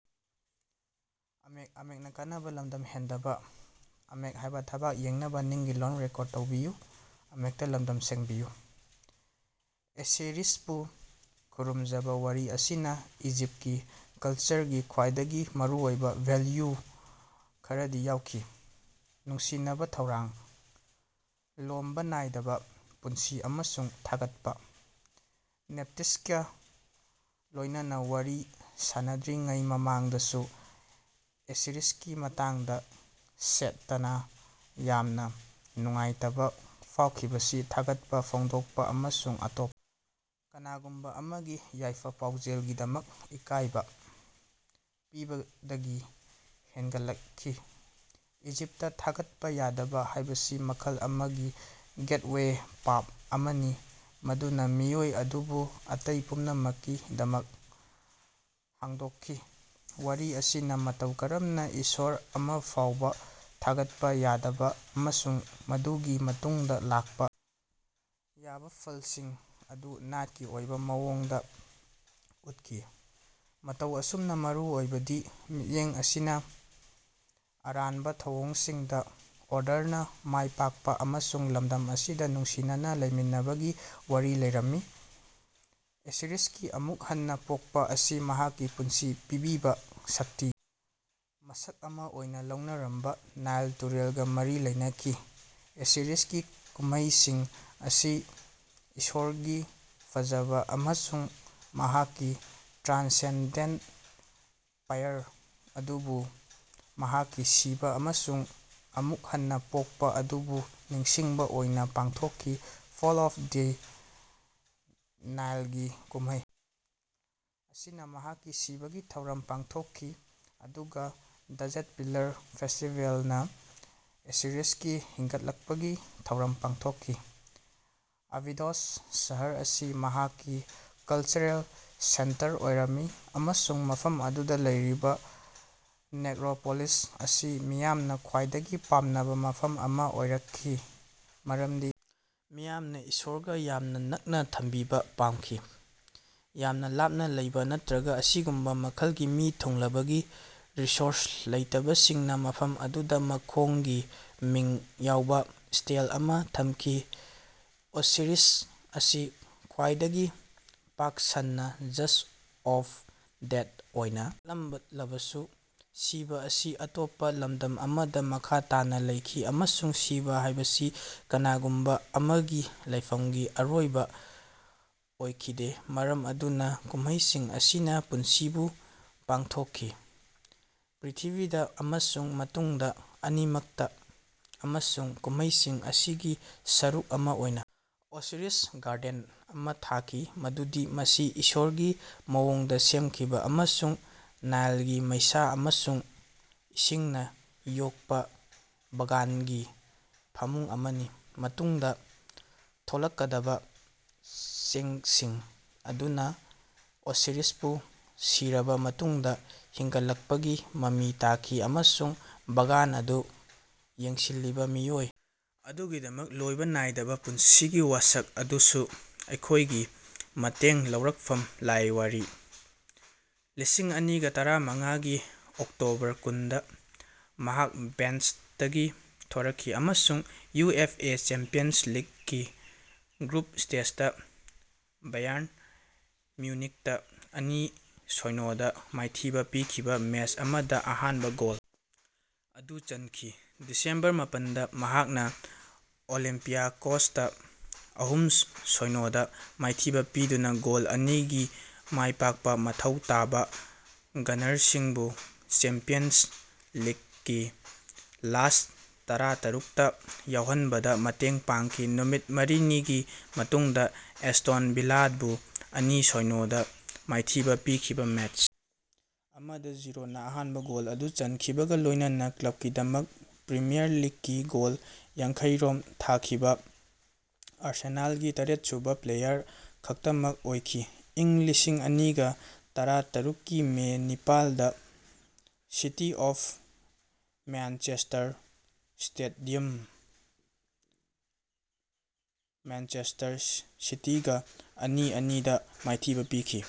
ꯑꯣꯁꯤꯔꯤꯁꯄꯨ ꯈꯨꯔꯨꯝꯖꯕ ꯋꯥꯔꯤ ꯑꯁꯤꯅꯥ ꯏꯖꯤꯞꯀꯤ ꯀꯜꯆꯔꯒꯤ ꯈ꯭ꯋꯥꯏꯗꯒꯤ ꯃꯔꯨꯑꯣꯏꯕꯥ ꯚꯦꯜꯌꯨ ꯈꯔꯗꯤ ꯌꯥꯎꯈꯤ: ꯅꯨꯡꯁꯤꯅꯕꯥ ꯊꯧꯔꯥꯡ, ꯂꯣꯝꯕꯥ ꯅꯥꯏꯗꯕꯥ ꯄꯨꯟꯁꯤ ꯑꯃꯁꯨꯡ ꯊꯥꯒꯠꯄꯥ꯫ ꯅꯦꯞꯇꯤꯁꯀꯥ ꯂꯣꯢꯅꯅꯥ ꯋꯥꯔꯤ ꯁꯥꯅꯗ꯭ꯔꯤꯉꯩ ꯃꯃꯥꯡꯗꯁꯨ ꯑꯣꯁꯤꯔꯤꯁꯀꯤ ꯃꯇꯥꯡꯗꯥ ꯁꯦꯇꯅꯥ ꯌꯥꯝꯅꯥ ꯅꯨꯡꯉꯥꯏꯇꯕꯥ ꯐꯥꯎꯈꯤꯕꯁꯤ ꯊꯥꯒꯠꯄꯥ ꯐꯣꯡꯗꯣꯛꯄꯥ ꯑꯃꯁꯨꯡ ꯑꯇꯣꯞꯄꯥ ꯀꯅꯥꯒꯨꯝꯕꯥ ꯑꯃꯒꯤ ꯌꯥꯏꯐ-ꯄꯥꯎꯖꯦꯜꯒꯤꯗꯃꯛ ꯏꯀꯥꯏꯕꯥ ꯄꯤꯕꯗꯒꯤ ꯍꯦꯟꯒꯠꯂꯛꯈꯤ꯫ ꯏꯖꯤꯞꯇꯥ ꯊꯥꯒꯠꯄꯥ ꯌꯥꯗꯕꯥ ꯍꯥꯢꯕꯁꯤ ꯃꯈꯜ ꯑꯃꯒꯤ "ꯒꯦꯠꯋꯦ ꯄꯥꯞ" ꯑꯃꯅꯤ ꯃꯗꯨꯅꯥ ꯃꯤꯑꯣꯏ ꯑꯗꯨꯕꯨ ꯑꯇꯩ ꯄꯨꯝꯅꯃꯛꯀꯤꯗꯃꯛ ꯍꯥꯡꯗꯣꯛꯈꯤ꯫ ꯋꯥꯔꯤ ꯑꯁꯤꯅꯥ ꯃꯇꯧ ꯀꯔꯝꯅꯥ ꯏꯁꯣꯔ ꯑꯃꯐꯥꯎꯕꯥ ꯊꯥꯒꯠꯄꯥ ꯌꯥꯗꯕꯥ ꯑꯃꯁꯨꯡ ꯃꯗꯨꯒꯤ ꯃꯇꯨꯡꯗꯥ ꯂꯥꯛꯄꯥ ꯌꯥꯕꯥ ꯐꯜꯁꯤꯡ ꯑꯗꯨ ꯅꯥꯠꯀꯤ ꯑꯣꯏꯕꯥ ꯃꯑꯣꯡꯗꯥ ꯎꯠꯈꯤ꯫ ꯃꯇꯧ ꯑꯁꯨꯝꯅꯥ ꯃꯔꯨ ꯑꯣꯏꯕꯗꯤ, ꯃꯤꯠꯌꯦꯡ ꯑꯁꯤꯅꯥ ꯑꯔꯥꯟꯕꯥ ꯊꯧꯑꯣꯡꯁꯤꯡꯗꯥ ꯑꯣꯔꯗꯔꯅꯥ ꯃꯥꯏꯄꯥꯛꯄꯥ ꯑꯃꯁꯨꯡ ꯂꯝꯗꯝ ꯑꯁꯤꯗꯥ ꯅꯨꯡꯁꯤꯅꯅꯥ ꯂꯩꯃꯤꯟꯅꯕꯒꯤ ꯋꯥꯔꯤ ꯂꯤꯔꯝꯃꯤ꯫ ꯑꯣꯁꯤꯔꯤꯁꯀꯤ ꯑꯃꯨꯛ ꯍꯟꯅꯥ ꯄꯣꯛꯄꯥ ꯑꯁꯤ ꯃꯍꯥꯛꯀꯤ ꯄꯨꯟꯁꯤ ꯄꯤꯕꯤꯕꯥ ꯁꯛꯇꯤꯒꯤ ꯃꯁꯛ ꯑꯃꯥ ꯑꯣꯏꯅꯥ ꯂꯧꯅꯔꯝꯕꯥ ꯅꯥꯏꯜ ꯇꯨꯔꯦꯜꯒꯥ ꯃꯔꯤ ꯂꯩꯅꯈꯤ꯫ ꯑꯣꯁꯤꯔꯤꯁꯀꯤ ꯀꯨꯝꯃꯩꯁꯤꯡ ꯑꯁꯤ ꯏꯁꯣꯔꯒꯤ ꯐꯖꯕꯥ ꯑꯃꯁꯨꯡ ꯃꯍꯥꯛꯀꯤ ꯇ꯭ꯔꯥꯟꯁꯦꯟꯗꯦꯟꯇ ꯄꯥꯋꯔ ꯑꯗꯨꯕꯨ ꯃꯍꯥꯛꯀꯤ ꯁꯤꯕꯥ ꯑꯃꯁꯨꯡ ꯑꯃꯨꯛ ꯍꯟꯅꯥ ꯄꯣꯛꯄꯥ ꯑꯗꯨꯕꯨ ꯅꯤꯡꯁꯤꯡꯕꯥ ꯑꯣꯏꯅꯥ ꯄꯥꯡꯊꯣꯛꯈꯤ꯫ ꯐꯣꯜ ꯑꯣꯐ ꯗ ꯅꯥꯏꯂꯒꯤ ꯀꯨꯝꯃꯩ ꯑꯁꯤꯅꯥ ꯃꯍꯥꯛꯀꯤ ꯁꯤꯕꯒꯤ ꯊꯧꯔꯝ ꯄꯥꯡꯊꯣꯛꯈꯤ ꯑꯗꯨꯒꯥ ꯗ꯭ꯖꯦꯗ ꯄꯤꯂꯥꯔ ꯐꯦꯁꯇꯤꯕꯦꯜꯅꯥ ꯑꯣꯁꯤꯔꯤꯁꯀꯤ ꯍꯤꯡꯒꯠꯂꯛꯄꯒꯤ ꯊꯧꯔꯝ ꯄꯥꯡꯊꯣꯛꯈꯤ꯫ ꯑꯕꯤꯗꯣꯁ ꯁꯍꯔ ꯑꯁꯤ ꯃꯍꯥꯛꯀꯤ ꯀꯜꯆꯔꯦꯜ ꯁꯦꯟꯇꯔ ꯑꯣꯏꯔꯝꯃꯤ ꯑꯃꯁꯨꯡ ꯃꯐꯝ ꯑꯗꯨꯗꯥ ꯂꯩꯔꯤꯕꯥ ꯅꯦꯛꯔꯣꯄꯣꯂꯤꯁ ꯑꯁꯤ ꯃꯤꯌꯥꯝꯅꯥ ꯈ꯭ꯋꯥꯏꯗꯒꯤ ꯄꯥꯝꯅꯕꯥ ꯃꯐꯝ ꯑꯃꯥ ꯑꯣꯏꯔꯛꯈꯤ ꯃꯔꯝꯗꯤ ꯃꯤꯌꯥꯝꯅꯥ ꯏꯁꯣꯔꯒꯥ ꯌꯥꯝꯅꯥ ꯅꯛꯅꯥ ꯊꯝꯕꯤꯕꯥ ꯄꯥꯝꯈꯤ꯫ ꯌꯥꯝꯅꯥ ꯂꯥꯞꯅꯥ ꯂꯩꯕꯥ ꯅꯠꯔꯒꯥ ꯑꯁꯤꯒꯨꯝꯕꯥ ꯃꯈꯜꯒꯤ ꯃꯤ ꯊꯨꯡꯂꯕꯒꯤ ꯔꯤꯁꯣꯔꯁ ꯂꯩꯇꯕꯁꯤꯡꯅꯥ ꯃꯐꯝ ꯑꯗꯨꯗꯥ ꯃꯈꯣꯡꯒꯤ ꯃꯤꯡ ꯌꯥꯎꯕꯥ ꯁ꯭ꯇꯦꯜ ꯑꯃꯥ ꯊꯝꯈꯤ꯫ ꯑꯣꯁꯤꯔꯤꯁ ꯑꯁꯤ ꯈ꯭ꯋꯥꯏꯗꯒꯤ ꯄꯥꯛ ꯁꯟꯅꯥ ꯖꯁ ꯑꯣꯐ ꯗꯦꯗ ꯑꯣꯏꯅꯥ ꯂꯥꯠꯂꯝꯂꯕꯁꯨ ꯁꯤꯕꯥ ꯑꯁꯤ ꯑꯇꯣꯞꯄꯥ ꯂꯝꯗꯝ ꯑꯃꯗꯥ ꯃꯈꯥ ꯇꯥꯅꯥ ꯂꯩꯈꯤ ꯑꯃꯁꯨꯡ ꯁꯤꯕꯥ ꯍꯥꯢꯕꯁꯤ ꯀꯅꯥꯒꯨꯝꯕꯥ ꯑꯃꯒꯤ ꯂꯩꯐꯝꯒꯤ ꯑꯔꯣꯏꯕꯥ ꯑꯣꯏꯈꯤꯗꯦ꯫ ꯃꯔꯝ ꯑꯗꯨꯅꯥ ꯀꯨꯝꯃꯩꯁꯤꯡ ꯑꯁꯤꯅꯥ ꯄꯨꯟꯁꯤꯕꯨ ꯄꯥꯡꯊꯣꯛꯈꯤ ꯄ꯭ꯔ꯭ꯤꯊꯤꯕꯤꯗꯥ ꯑꯃꯁꯨꯡ ꯃꯇꯨꯡꯗꯥ ꯑꯅꯤꯃꯛꯇꯥ ꯑꯃꯁꯨꯡ ꯀꯨꯝꯃꯩꯁꯤꯡ ꯑꯁꯤꯒꯤ ꯁꯔꯨꯛ ꯑꯃꯥ ꯑꯣꯏꯅꯥ ꯑꯣꯁꯤꯔꯤꯁ ꯒꯥꯔꯗꯦꯟ ꯑꯃꯥ ꯊꯥꯈꯤ ꯃꯗꯨꯗꯤ ꯃꯁꯤ ꯏꯁꯣꯔꯒꯤ ꯃꯑꯣꯡꯗꯥ ꯁꯦꯝꯈꯤꯕꯥ ꯑꯃꯁꯨꯡ ꯅꯥꯏꯂꯒꯤ ꯃꯩꯁꯥ ꯑꯃꯁꯨꯡ ꯏꯁꯤꯡꯅꯥ ꯌꯣꯛꯄꯥ ꯕꯥꯒꯥꯟꯒꯤ ꯐꯃꯨꯡ ꯑꯃꯅꯤ꯫ ꯃꯇꯨꯡꯗꯥ ꯊꯣꯛꯂꯛꯀꯗꯕꯥ ꯆꯦꯡꯁꯤꯡ ꯑꯗꯨꯅꯥ ꯑꯣꯁꯤꯔꯤꯁꯄꯨ ꯁꯤꯔꯕꯥ ꯃꯇꯨꯡꯗꯥ ꯍꯤꯡꯒꯠꯂꯛꯄꯒꯤ ꯃꯃꯤ ꯇꯥꯈꯤ ꯑꯃꯁꯨꯡ ꯕꯥꯒꯥꯟ ꯑꯗꯨ ꯌꯦꯡꯁꯤꯜꯂꯤꯕꯥ ꯃꯤꯑꯣꯏ ꯑꯗꯨꯒꯤꯗꯃꯛ ꯂꯣꯢꯕꯥ ꯅꯥꯏꯗꯕꯥ ꯄꯨꯟꯁꯤꯒꯤ ꯋꯥꯁꯛ ꯑꯗꯨꯁꯨ ꯑꯣꯏꯈꯤ꯫ ꯃꯇꯦꯡ ꯂꯧꯔꯛꯐꯝ:ꯂꯥꯏ ꯋꯥꯔꯤ꯫ ꯂꯤꯁꯤꯡꯑꯅꯤꯒ ꯇꯔꯥꯃꯉꯥ ꯒꯤ ꯑꯣꯛꯇꯣꯕꯔ ꯀꯨꯟꯗꯥ ꯃꯍꯥꯛ ꯕꯦꯟꯆꯇꯒꯤ ꯊꯣꯔꯛꯈꯤ ꯑꯃꯁꯨꯡ ꯌꯨ꯬ꯑꯦꯐ꯬ꯑꯦ ꯆꯦꯝꯄꯤꯌꯟꯁ ꯂꯤꯒꯀꯤ ꯒ꯭ꯔꯨꯞ ꯁ꯭ꯇꯦꯖꯇꯥ ꯕꯦꯌꯥꯔꯟ ꯃ꯭ꯌꯨꯅꯤꯛꯇꯥ ꯑꯅꯤ-ꯁꯣꯢꯅꯣꯗꯥ ꯃꯥꯏꯊꯤꯕꯥ ꯄꯤꯈꯤꯕꯥ ꯃꯦꯆ ꯑꯃꯗꯥ ꯑꯍꯥꯟꯕꯥ ꯒꯣꯜ ꯑꯗꯨ ꯆꯟꯈꯤ ꫰ ꯗꯤꯁꯦꯝꯕꯔ ꯃꯄꯟꯗꯥ ꯃꯍꯥꯛꯅꯥ ꯑꯣꯂꯤꯝꯄꯤꯌꯥꯀꯣꯁꯇꯥ ꯑꯍꯨꯝ-ꯁꯣꯢꯅꯣꯗꯥ ꯃꯥꯏꯊꯤꯕꯥ ꯄꯤꯗꯨꯅꯥ ꯒꯣꯜ ꯑꯅꯤꯒꯤ ꯃꯥꯏꯄꯥꯛꯄꯥ ꯃꯊꯧ ꯇꯥꯕꯥ ꯒꯅꯔꯁꯤꯡꯕꯨ ꯆꯦꯝꯄꯤꯌꯟꯁ ꯂꯤꯒꯀꯤ ꯂꯥꯁ꯭ꯠ-ꯇꯔꯥꯇꯔꯨꯛꯇꯥ ꯌꯥꯎꯍꯟꯕꯗꯥ ꯃꯇꯦꯡ ꯄꯥꯡꯈꯤ ꫰ ꯅꯨꯃꯤꯠ ꯃꯔꯤꯅꯤꯒꯤ ꯃꯇꯨꯡꯗꯥ ꯑꯦꯁꯇꯣꯟ ꯚꯤꯂꯥꯕꯨ ꯑꯅꯤ-ꯁꯣꯢꯅꯣ ꯗꯥ ꯃꯥꯏꯊꯤꯕꯥ ꯄꯤꯈꯤꯕꯥ ꯃꯦꯆ ꯑꯃꯗꯥ ꯖꯤꯔꯣꯗꯅꯥ ꯑꯍꯥꯟꯕꯥ ꯒꯣꯜ ꯑꯗꯨ ꯆꯟꯈꯤꯕꯒꯥ ꯂꯣꯏꯅꯅꯥ ꯀ꯭ꯂꯕꯀꯤꯗꯃꯛ ꯄ꯭ꯔꯤꯃꯤꯌꯥꯔ ꯂꯤꯒꯀꯤ ꯒꯣꯜ ꯌꯥꯡꯈꯩꯔꯣꯝ ꯊꯥꯈꯤꯕꯥ ꯑꯥꯔꯁꯦꯅꯥꯜꯒꯤ ꯇꯔꯦꯠꯁꯨꯕꯥ ꯄ꯭ꯂꯦꯌꯥꯔ ꯈꯛꯇꯃꯛ ꯑꯣꯏꯈꯤ ꫰ ꯢꯪ ꯂꯤꯁꯤꯡꯑꯅꯤꯒ ꯇꯔꯥꯇꯔꯨꯛ ꯀꯤ ꯃꯦ ꯅꯤꯄꯥꯜꯗꯥ ꯁꯤꯇꯤ ꯑꯣꯐ ꯃ꯭ꯌꯥꯟꯆꯦꯁꯇꯔ ꯁ꯭ꯇꯦꯗꯤꯌꯝꯗꯥ ꯃ꯭ꯌꯥꯟꯆꯦꯁꯇꯔ ꯁꯤꯇꯤꯒꯥ ꯑꯅꯤ-ꯑꯅꯤ ꯗꯥ ꯃꯥꯏꯊꯤꯕꯥ ꯄꯤꯈꯤ꯫